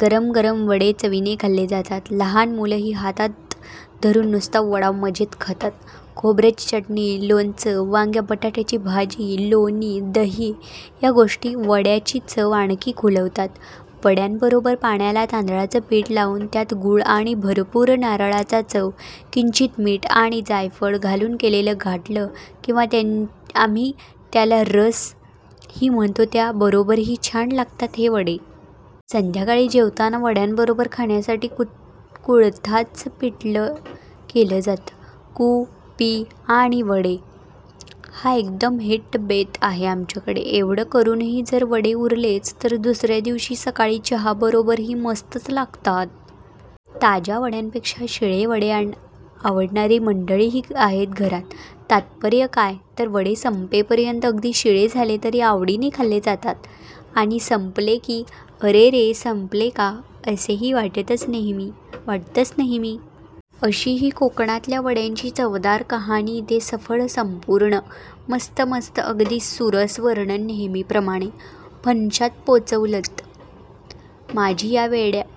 गरम गरम वडे चवीने खाल्ले जातात. लहान मुलं ही हातात धरून नुसता वडा मजेत खातात. खोबऱ्याची चटणी, लोणचं, वांग्या बटाट्याची भाजी, लोणी, दही ह्या गोष्टी वड्याची चव आणखी खुलवतात. वड्यांबरोबर पाण्याला तांदळाचं पीठ लावून त्यात गूळ आणि भरपूर नारळाचा चव, किंचित मीठ आणि जायफळ घालून केलेलं घाटलं किंवा आम्ही त्याला " रस " ही म्हणतो त्या बरोबर ही छान लागतात हे वडे. संध्याकाळी जेवताना वड्यांबरोबर खाण्यासाठी कुळथाच पिठलं केलं जातच. कु पी आणि वडे हा एकदम हिट बेत आहे आमच्याकडे. एवढं करून ही जर वडे उरलेच तर दुसऱ्या दिवशी सकाळी चहा बरोबर ही हे मस्तच लागतात. ताज्या वड्यांपेक्षा शिळे वडे आवडणारी मंडळी ही आहेत घरात. तात्पर्य काय तर वडे संपेपर्यंत अगदी शिळे झाले तरी आवडीने खाल्ले जातात. आणि संपले की " अरे रे! संपले का "? अस ही वाटतंच नेहमीच. अशी ही कोकणातल्या वड्यांची चवदार कहाणी इथे सफळ संपूर्ण. मस्त मस्त अगदी सुरस वर्णन नेहेमीप्रमाणे. फणशात पोचवलंत. माझी ह्या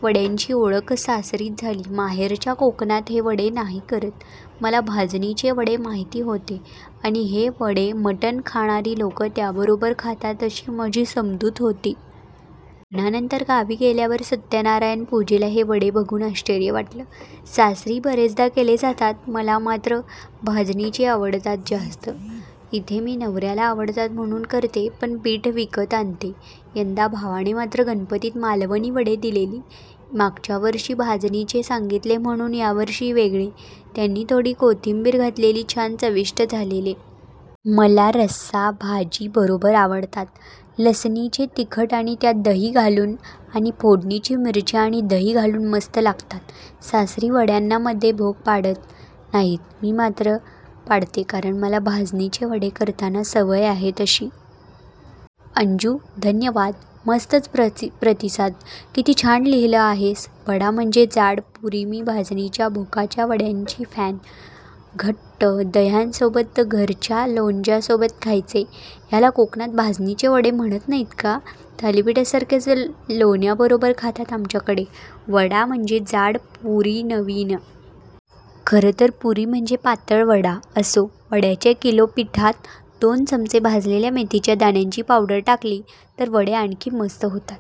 वड्यांशी ओळख सासरीच झाली, माहेरच्या कोकणात हे वडे नाही करत. मला भाजणीचे वडे माहिती होते आणि हे वडे मटण खाणारी लोकं त्याबरोबर खातात अशी माझी समजूत होती. लग्नानंतर गावी गेल्यावर सत्यनारायण पूजेला हे वडे बघून आश्चर्य वाटलं. सासरी बरेचदा केले जातात. मला मात्र भाजणीचे आवडतात जास्त. इथे मी नवऱ्याला आवडतात म्हणून करते पण पीठ विकत आणते. यंदा भावाने मात्र गणपतीत मालवणी वडे दिलेली, मागच्यावर्षी भाजणीचे सांगितले म्हणून यावर्षी वेगळे, त्यांनी थोडी कोथिंबीर घातलेली, छान चविष्ट झालेले. मला रस्सा भाजी बरोबर आवडतात, लसणीचे तिखट आणि त्यात दही घालून किंवा फोडणीची मिरची आणि दही घालून पण मस्त लागतात. सासरी वड्यांना मध्ये भोक पाडत नाहीत, मी मात्र पाडते कारण मला भाजणीचे वडे करताना सवय आहे तशी. अंजू, धन्यवाद! मस्तच प्रतिसाद, किती छान लिहिलं आहेस. वडा म्हणजे जाड पुरीमी भाजणीच्या भोकाच्या वड्यांची फॅन. घट्ट दह्यासोबत, घरच्या लोण्यासोबत खायचे. ह्याला कोकणात भाजणीचे वडे म्हणत नाहीत का? थालिपीठासारखेच लोण्याबरोबर खातात आमच्याकडे. वडा म्हणजे जाड पुरीनवीन, -. खरं तर पुरी म्हणजे पातळ वडा. असो, वड्याच्या किलो पिठात दोन चमचे भाजलेल्या मेथीच्या दाण्यांची पावडर टाकली तर वडे आणखी मस्त होतात.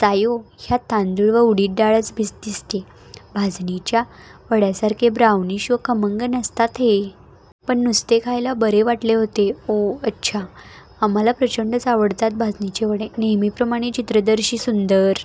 सायो, ह्यात तांदूळ व उडीद डाळच दिसतेय. भाजणीच्या वड्यासारखे ब्राऊनिश व खमंग नसतात हे. पण नुसते खायला बरे वाटले होते. ओह अच्छा. आम्हांला प्रचंडच आवडतात भाजणीचे वडे. नेहमीप्रमाणे चित्रदर्शी सुंदर